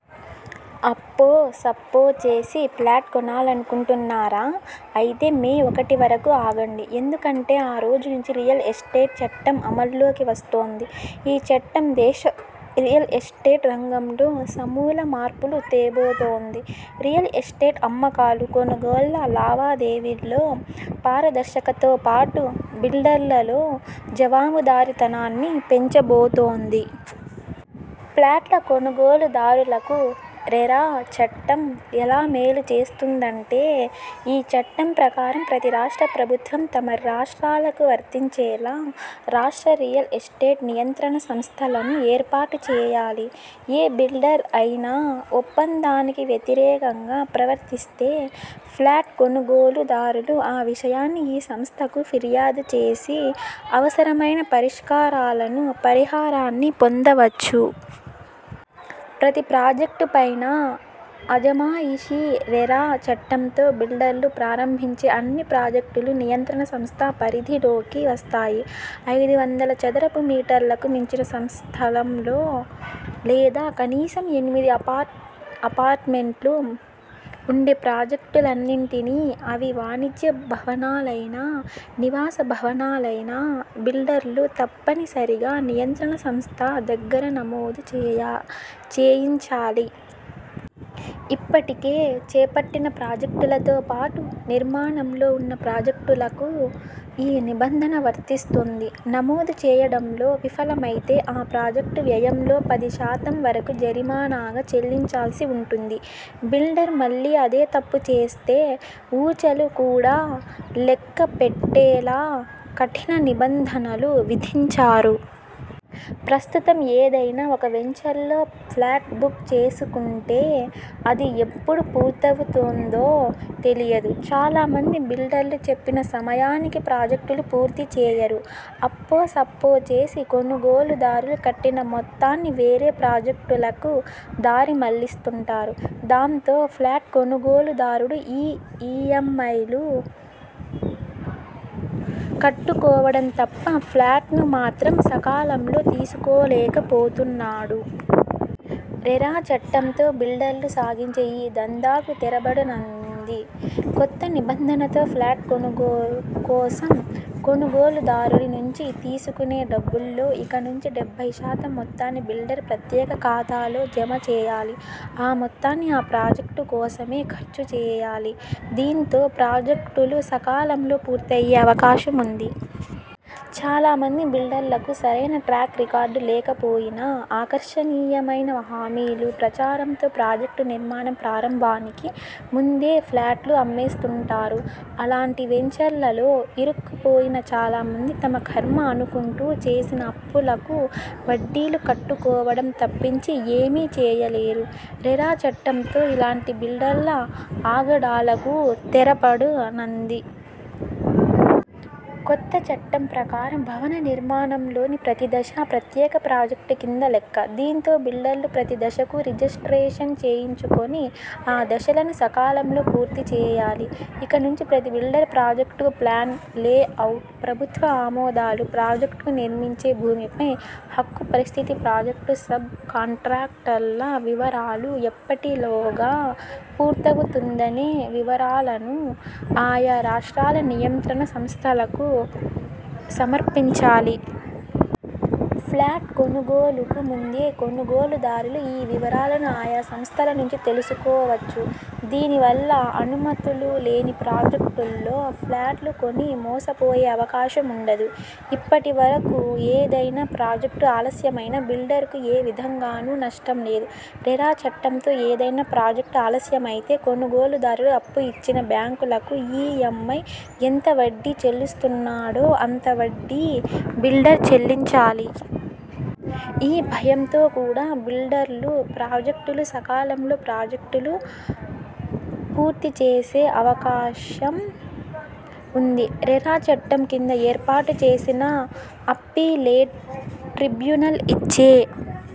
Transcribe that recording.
అప్పో సప్పో చేసి ఫ్లాట్ కొనాలనుకుంటున్నారా? అయితే మే ఒకటి వరకు ఆగండి. ఎందుకంటే ఆ రోజు నుంచి 'రియల్ ఎస్టేట్ చట్టం అమల్లోకి వస్తోంది. ఈ చట్టం దేశ రియల్ ఎస్టేట్ రంగంలో సమూల మార్పులు తేబోతోంది. రియల్ ఎస్టేట్ అమ్మకాలు, కొనుగోళ్ల లావాదేవీల్లో పారదర్శకత తో పాటు, బిల్డర్లలో జవాబుదారితనాన్నీ పెంచబోతోంది. ఫ్లాట్ల కొనుగోలుదారులకు 'రెరా' చట్టం ఎలా మేలు చేస్తుందంటే. ఈ చట్టం ప్రకారం ప్రతి రాష్ట్ర ప్రభుత్వం తమ రాష్ట్రాలకు వర్తించేలా 'రాష్ట్ర రియల్ ఎస్టేట్ నియంత్రణ సంస్థ లను ఏర్పాటు చేయాలి. ఏ బిల్డర్ అయినా ఒప్పందానికి వ్యతిరేకంగా ప్రవర్తిస్తే ఫ్లాట్ కొనుగోలుదారులు ఆ విషయాన్ని ఈ సంస్థకు ఫిర్యాదు చేసి అవసరమైన పరిష్కారాలను, పరిహారాన్ని పొందవచ్చు. ప్రతి ప్రాజెక్టుపైనా అజమాయిషీ రెరా చట్టంతో బిల్డర్లు ప్రారంభించే అన్ని ప్రాజెక్టులు నియంత్రణ సంస్థ పరిధిలోకి వస్తాయి. ఐదు వందల చదరపు మీటర్లకు మించిన స్థలంలో లేదా కనీసం ఎనిమిది అపార్ట్మెంట్లు ఉండే ప్రాజెక్టులన్నింటినీ అవి వాణిజ్య భవనాలైనా, నివాస భవనాలైనా బిల్డర్లు తప్పనిసరిగా నియంత్రణ సంస్థ దగ్గర నమోదు చేయాలి చేయించాలి. ఇప్పటికే చేపట్టిన ప్రాజెక్టులతో పాటు, నిర్మాణంలో ఉన్న ప్రాజెక్టులకూ ఈ నిబంధన వర్తిస్తుంది. నమోదు చేయడంలో విఫలమైతే ఆ ప్రాజెక్టు వ్యయంలో పది శాతం వరకు జరిమానాగా చెల్లించాల్సి ఉంటుంది. బిల్డర్ మళ్లీ అదే తప్పు చేస్తే ఊచలు కూడా లెక్కపెట్టేలా కఠిన నిబంధనలు విధించారు. ప్రస్తుతం ఏదైనా ఒక వెంచర్లో ఫ్లాట్ బుక్ చేసుకుంటే అది ఎప్పుడు పూర్తవుతుందో తెలియదు. చాలా మంది బిల్డర్లు చెప్పిన సమయానికి ప్రాజెక్టులు పూర్తి చేయరు. అప్పో సప్పో చేసి కొనుగోలుదారులు కట్టిన మొత్తాన్ని వేరే ప్రాజెక్టులకు దారి మళ్లిస్తుంటారు. దాంతో ఫ్లాట్ కొనుగోలుదారుడు ఈ మ్ ఐ లు కట్టుకోవడం తప్ప, ఫ్లాట్ మాత్రం సకాలంలో తీసుకోలేకపోతున్నాడు. రెరా చట్టంతో బిల్డర్లు సాగించే ఈ దందాకు తెరపడనుంది. కొత్త నిబంధనతో ఫ్లాట్ కొనుగోలు కోసం కొనుగోలుదారుడి నుంచి తీసుకునే డబ్బుల్లో ఇక నుంచి డెబ్బై శాతం మొత్తాన్ని బిల్డర్ ప్రత్యేక ఖాతాలో జమ చేయాలి. ఆ మొత్తాన్ని ఆ ప్రాజెక్టు కోసమే ఖర్చు చేయాలి. దీంతో ప్రాజెక్టులు సకాలంలో పూర్తయ్యే అవకాశం ఉంది. చాలా మంది బిల్డర్లకు సరైన ట్రాక్ రికార్డు లేకపోయినాఆకర్షణీయమైన హామీలు, ప్రచారంతో ప్రాజెక్టు నిర్మాణం ప్రారంభానికి ముందే ఫ్లాట్లు అమ్మేస్తుంటారు. అలాంటి వెంచర్లలో ఇరుక్కు పోయిన చాలా మంది తమ ఖర్మ అనుకుంటూ చేసిన అప్పులకు వడ్డీలు కట్టుకోవడం తప్పించి ఏమీ చేయలేరు. రెరా చట్టంతో ఇలాంటి బిల్డర్ల ఆగడాలకూ తెరపడనుంది. కొత్త చట్టం ప్రకారం భవన నిర్మాణంలోని ప్రతి దశా ప్రత్యేక ప్రాజెక్టు కింద లెక్క. దీంతో బిల్డర్లు ప్రతి దశకూ రిజిస్ట్రేషన్ చేయించుకుని ఆ దశలను సకాలంలో పూర్తి చేయాలి. ఇక నుంచి ప్రతి బిల్డర్ ప్రాజెక్టు ప్లాన్, లేఅవుట్, ప్రభుత్వ ఆమోదాలు, ప్రాజెక్టు నిర్మించే భూమిపై హక్కు పరిస్థితి, ప్రాజెక్టు సబ్ కాంట్రాక్టర్ల వివరాలు, ఎప్పటిలోగా పూర్తవుతుందనే వివరాలను ఆయా రాష్ట్రాల నియంత్రణ సంస్థలకు సమర్పించాలి. ఫ్లాట్ కొనుగోలుకు ముందే కొనుగోలుదారులు ఈ వివరాలను ఆయా సంస్థల నుంచి తెలుసుకోవచ్చు. దీని వల్ల అనుమతులు లేని ప్రాజెక్టుల్లో ఫ్లాట్లు కొని మోసపోయే అవకాశం ఉండదు. ఇప్పటి వరకు ఏదైనా ప్రాజెక్టు ఆలస్యమైనా బిల్డర్ కు ఏ విధంగానూ నష్టం లేదు. రెరా చట్టంతో ఏదైనా ప్రాజెక్టు ఆలస్యమైతే కొనుగోలుదారుడు అప్పు ఇచ్చిన బ్యాంకులకు ఈ మ్ ఐ ఎంత వడ్డీ చెల్లిస్తున్నాడో, అంత వడ్డీ బిల్డర్ చెల్లించాలి. ఈ భయంతో కూడా బిల్డర్లు ప్రాజెక్టులు సకాలంలో ప్రాజెక్టులు పూర్తి చేసే అవకాశం ఉంది. రెరా చట్టం కింద ఏర్పాటు చేసిన అప్పీలేట్ ట్రిబ్యునల్ ఇచ్చే